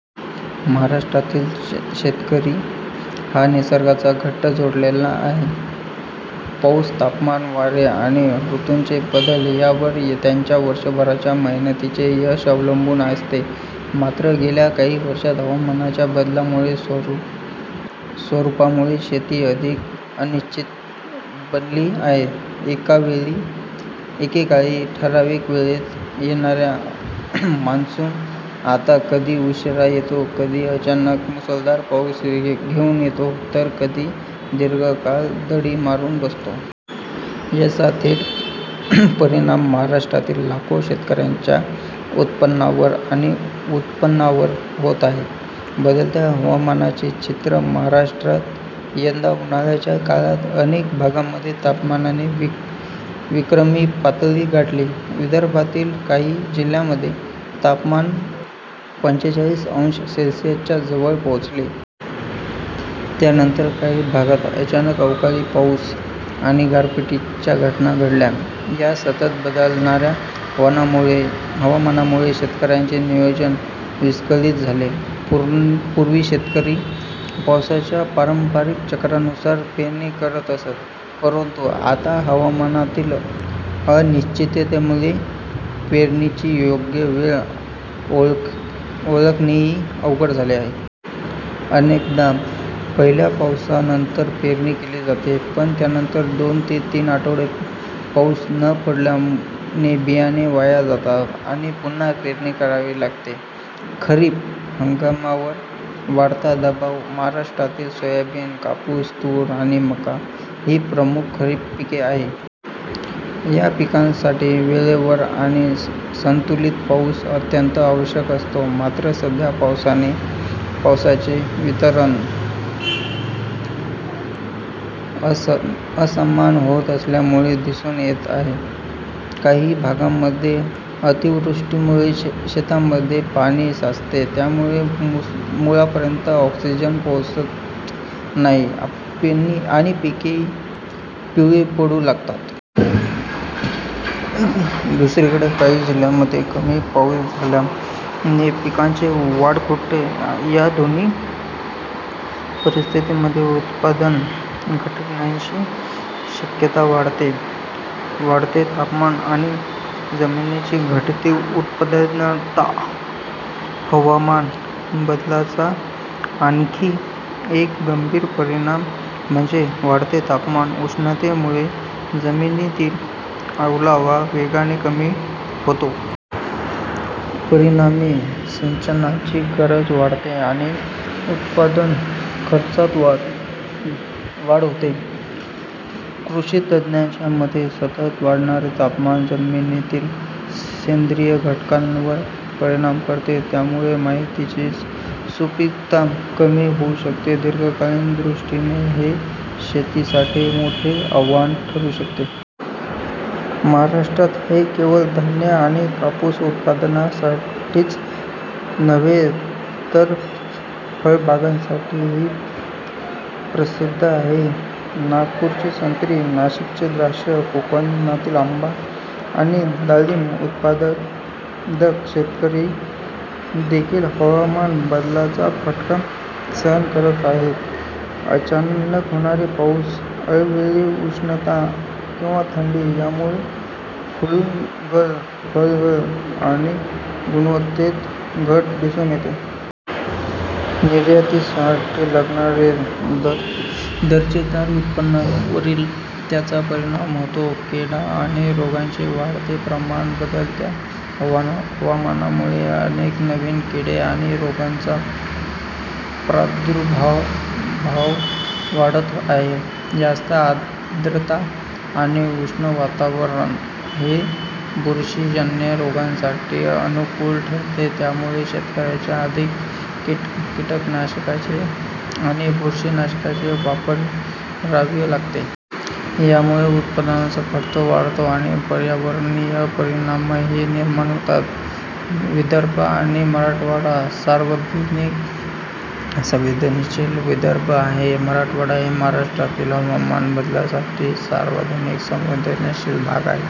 महाराष्ट्रातील शेतकरी हा निसर्गाशी घट्ट जोडलेला आहे. पाऊस, तापमान, वारे आणि ऋतूंचे बदल यावरच त्याच्या वर्षभराच्या मेहनतीचे यश अवलंबून असते. मात्र गेल्या काही वर्षांत हवामानाच्या बदलत्या स्वरूपामुळे शेती अधिक अनिश्चित बनली आहे. एकेकाळी ठराविक वेळेत येणारा मान्सून आता कधी उशिरा येतो, कधी अचानक मुसळधार पाऊस घेऊन येतो, तर कधी दीर्घ काळ दडी मारून बसतो. याचा थेट परिणाम महाराष्ट्रातील लाखो शेतकऱ्यांच्या उत्पादनावर आणि उत्पन्नावर होत आहे. बदलत्या हवामानाचे चित्र महाराष्ट्रात यंदा उन्हाळ्याच्या काळात अनेक भागांमध्ये तापमानाने विक्रमी पातळी गाठली. विदर्भातील काही जिल्ह्यांमध्ये तापमान पंचेचाळीस अंश सेल्सिअसच्या जवळ पोहोचले. त्यानंतर काही भागांत अचानक अवकाळी पाऊस आणि गारपिटीच्या घटना घडल्या. या सतत बदलणाऱ्या हवामानामुळे शेतकऱ्यांचे नियोजन विस्कळीत झाले. पूर्वी शेतकरी पावसाच्या पारंपरिक चक्रानुसार पेरणी करत असत. परंतु आता हवामानातील अनिश्चिततेमुळे पेरणीची योग्य वेळ ओळखणेही अवघड झाले आहे. अनेकदा पहिल्या पावसानंतर पेरणी केली जाते, पण त्यानंतर दोन ते तीन आठवडे पाऊस न पडल्याने बियाणे वाया जातात. आणि पुन्हा पेरणी करावी लागते. खरीप हंगामावर वाढता दबाव महाराष्ट्रातील सोयाबीन, कापूस, तूर आणि मका ही प्रमुख खरीप पिके आहेत. या पिकांसाठी वेळेवर आणि संतुलित पाऊस अत्यंत आवश्यक असतो. मात्र सध्या पावसाचे वितरण असमान होत असल्याचे दिसून येते. काही भागांमध्ये अतिवृष्टीमुळे शेतांमध्ये पाणी साचते. त्यामुळे मुळांपर्यंत ऑक्सिजन पोहोचत नाही आणि पिके पिवळी पडू लागतात. दुसरीकडे काही जिल्ह्यांमध्ये कमी पाऊस झाल्याने पिकांची वाढ खुंटते. या दोन्ही परिस्थितींमध्ये उत्पादन घटण्याची शक्यता वाढते. वाढते तापमान आणि जमिनीची घटती उत्पादकता हवामान बदलाचा आणखी एक गंभीर परिणाम म्हणजे वाढते तापमान. उष्णतेमुळे जमिनीतील ओलावा वेगाने कमी होतो. परिणामी सिंचनाची गरज वाढते आणि उत्पादन खर्चात वाढ होते. कृषी तज्ज्ञांच्या मते, सतत वाढणारे तापमान जमिनीतील सेंद्रिय घटकांवर परिणाम करते. यामुळे मातीची सुपीकता कमी होऊ शकते. दीर्घकालीन दृष्टीने हे शेतीसाठी मोठे आव्हान ठरू शकते. महाराष्ट्र हे केवळ धान्य आणि कापूस उत्पादनासाठीच नव्हे तर फळबागांसाठीही प्रसिद्ध आहे. नागपूरची संत्री, नाशिकची द्राक्षे, कोकणातील आंबा आणि डाळिंब उत्पादक शेतकरी देखील हवामान बदलाचा फटका सहन करत आहेत. अचानक होणारा पाऊस, अवेळी उष्णता किंवा थंडी यामुळे फुलगळ, फळगळ आणि गुणवत्तेत घट दिसून येते. निर्यातीसाठी लागणाऱ्या दर्जेदार उत्पादनावरही त्याचा परिणाम होतो. कीड आणि रोगांचे वाढते प्रमाण बदलत्या हवामानामुळे अनेक नवीन कीड आणि रोगांचा प्रादुर्भाव वाढत आहे. जास्त आर्द्रता आणि उष्ण वातावरण हे बुरशीजन्य रोगांसाठी अनुकूल ठरते. त्यामुळे शेतकऱ्यांना अधिक कीटकनाशके आणि बुरशीनाशके वापरावी लागतात. यामुळे उत्पादन खर्च वाढतो आणि पर्यावरणीय परिणामही निर्माण होतात. विदर्भ आणि मराठवाडा सर्वाधिक संवेदनशील विदर्भ आणि मराठवाडा हे महाराष्ट्रातील हवामान बदलासाठी सर्वाधिक संवेदनशील भाग--